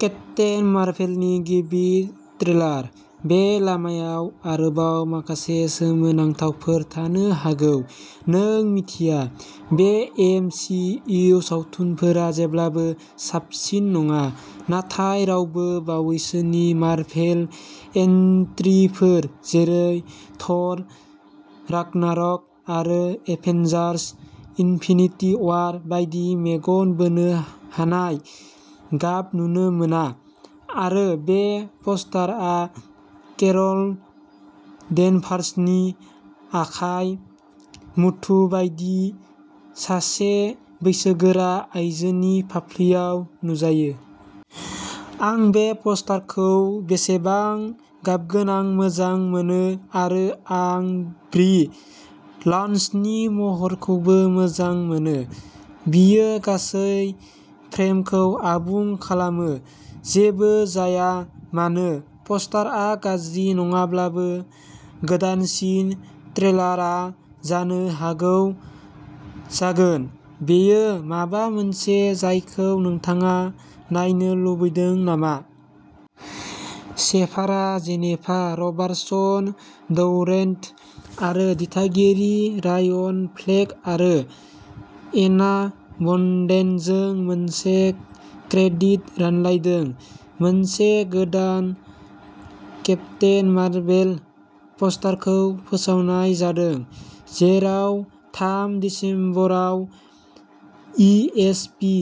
Captain मार्भेलनि गिबि trailer. बे लामायाव आरोबाव माखासे सोमोनांथावफोर थानो हागौ, नों मिथिया। बे एम सि इउ सावथुनफोरा जेब्लाबो साबसिन नङा, नाथाय रावबो बावैसोनि मार्भेल एन्ट्रिफोर जेरै थ'र रागनारक आरो एभेन्जार्स इनफिनिटि वार बायदि मेगन बोनो हानाय गाब नुनो मोना आरो बे प'स्टारआ केर'ल डेनभार्सनि आखाइ मुथु बायदि सासे बैसोगोरा आइजोनि फाफ्लिआव नुजायो। आं बे प'स्टारखौ बेसेबां गाबगोनां मोजां मोनो आरो आं ब्रि लार्सननि महरखौबो मोजां मोनो बियो गासै फ्रेमखौ आबुं खालामो। जेबो जाया मानो प'स्टारआ गाज्रि नङाब्लाबो, गोदानसिन ट्रेलारआ जानो हागौ जागोन। बेयो माबा मोनसे जायखौ नोंथाङा नायनो लुबैदों नामा? शेफारआ जेनेभा रबार्टसन ड्वरेट आरो दिथागिरि रायन फ्लेक आरो एना बण्डेनजों मोनसे क्रेडिट रानलायदों। मोनसे गोदान केप्टेन मार्भेल प'स्टारखौ फोसावनाय जादों, जेराव थाम दिसेम्बराव इ एस पि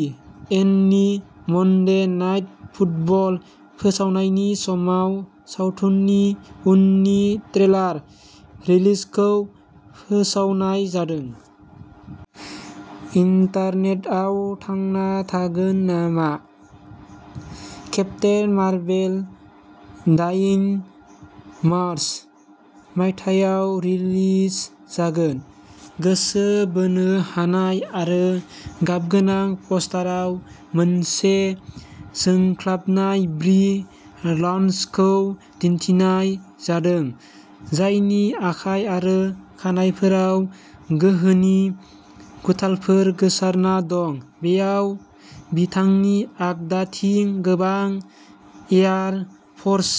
एननि मन्डे नाइट फुटबल फोसावनायनि समाव सावथुननि उननि ट्रेलार रिलिजखौ फोसावनाय जादों। इन्टारनेटआ थांना थागोन नामा? केप्टेन मार्भेल दाइन मार्च, मायथाइयाव रिलिज जागोन। गोसो बोनो हानाय आरो गाबगोनां पस्टारआव मोनसे जोंख्लाबनाय ब्रि लार्सनखौ दिन्थिनाय जादों, जायनि आखाइ आरो खानाइफोराव गोहोनि गुथालफोर गोसारना दं। बेयाव बिथांनि आगदाथिं गोबां एयार फ'र्स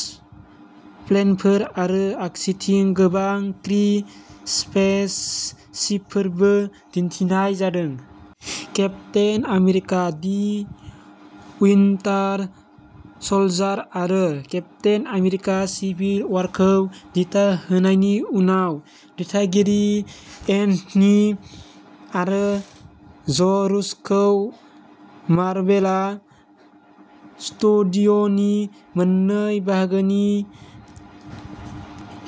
प्लेनफोर आरो आगसिथिं गोबां क्रि स्पेसशिपफोरबो दिन्थिनाय जादों। Captain America the Winter Soldier आरो केप्टेन अमेरिका सिभिल वारखौ दिथा होनायनि उनाव, दिथागिरि एन्थनि आरो ज' रुस'खौ मार्वेलआ स्टुडिय'नि मोननै बाहागोनि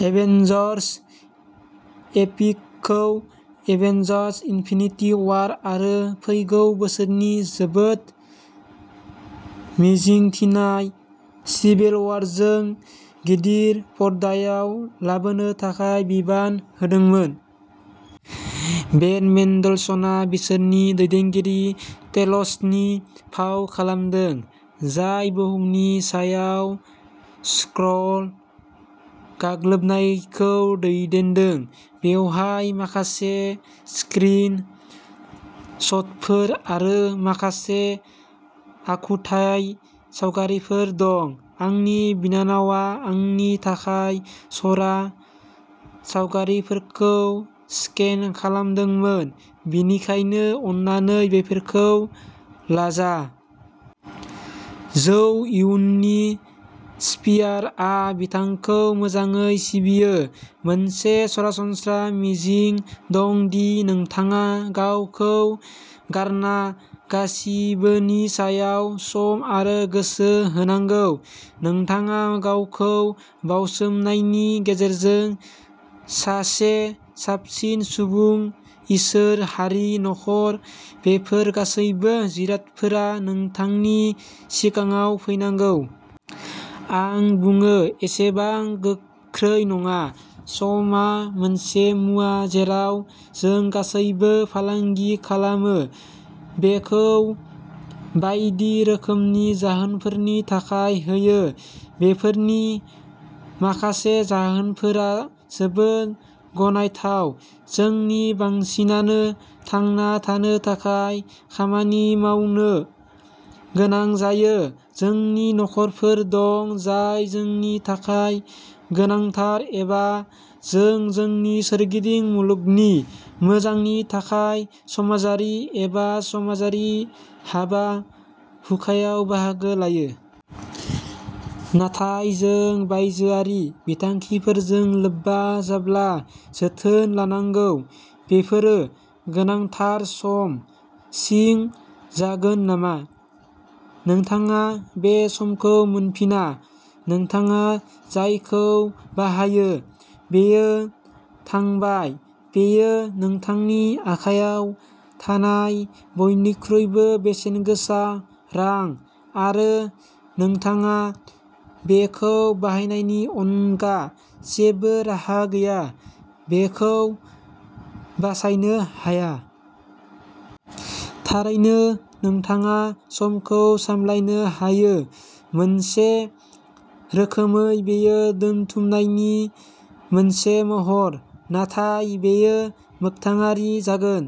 एवेंजर्स एपिकखौ एवेंजर्स इनफिनिटि वार आरो फैगौ बोसोरनि जोबोद मिजिंथिनाय सिक्वेलजों गिदिर पर्दायाव लाबोनो थाखाय बिबान होदोंमोन। बेन मेन्डेलसनआ बिसोरनि दैदेनगिरि टेल'सनि फाव खालामदों, जाय बुहुमनि सायाव स्क्रल गाग्लोबनायखौ दैदेनदों। बेवहाय माखासे स्क्रिन शटफोर आरो माखासे आखुथाय सावगारिफोर दं। आंनि बिनानावआ आंनि थाखाय चरा सावगारिफोरखौ स्केन खालामदोंमोन, बेनिखायनो अन्नानै बेफोरखौ लाजा। झौ युननि स्पियारआ बिथांखौ मोजाङै सिबियो। मोनसे सरासनस्रा मिजिं दं दि नोंथाङा गावखौ गारना गासिबोनि सायाव सम आरो गोसो होनांगौ। नोंथाङा गावखौ बावसोमनायनि गेजेरजों सासे साबसिन सुबुं। इसोर, हारि, नखर बेफोर गासैबो जिरादफोरा नोंथांनि सिगाङाव फैनांगौ। आं बुङो एसेबां गोख्रै नङा। समआ मोनसे मुवा जेराव जों गासैबो फालांगि खालामो, बेखौ बायदि रोखोमनि जाहोनफोरनि थाखाय होयो। बेफोरनि माखासे जाहोनफोरा जोबोद गनायथाव जोंनि बांसिनानो थांना थानो थाखाय खामानि मावनो गोनां जायो, जोंनि नखरफोर दं जाय जोंनि थाखाय गोनांथार एबा जों जोंनि सोरगिदिं मुलुगनि मोजांनि थाखाय समाजारि एबा समाजारि हाबा हुखायाव बाहागो लायो। नाथाय जों बायजोआरि बिथांखिफोरजों लोब्बा जाब्ला जोथोन लानांगौ बेफोरो गोनांथार सम सिं जागोन नामा? नोंथाङा बे समखौ मोनफिना। नोंथाङा जायखौ बाहायो बेयो थांबाय। बेयो नोंथांनि आखायाव थानाय बयनिख्रुइबो बेसेनगोसा रां आरो नोंथाङा बेखौ बाहायनायनि अनगा जेबो राहा गैया, बेखौ बासायनो हाया। थारैनो नोंथाङा समखौ सामलायनो हायो मोनसे रोखोमै बेयो दोनथुमनायनि मोनसे महर, नाथाय बेयो मोख्थाङारि जागोन।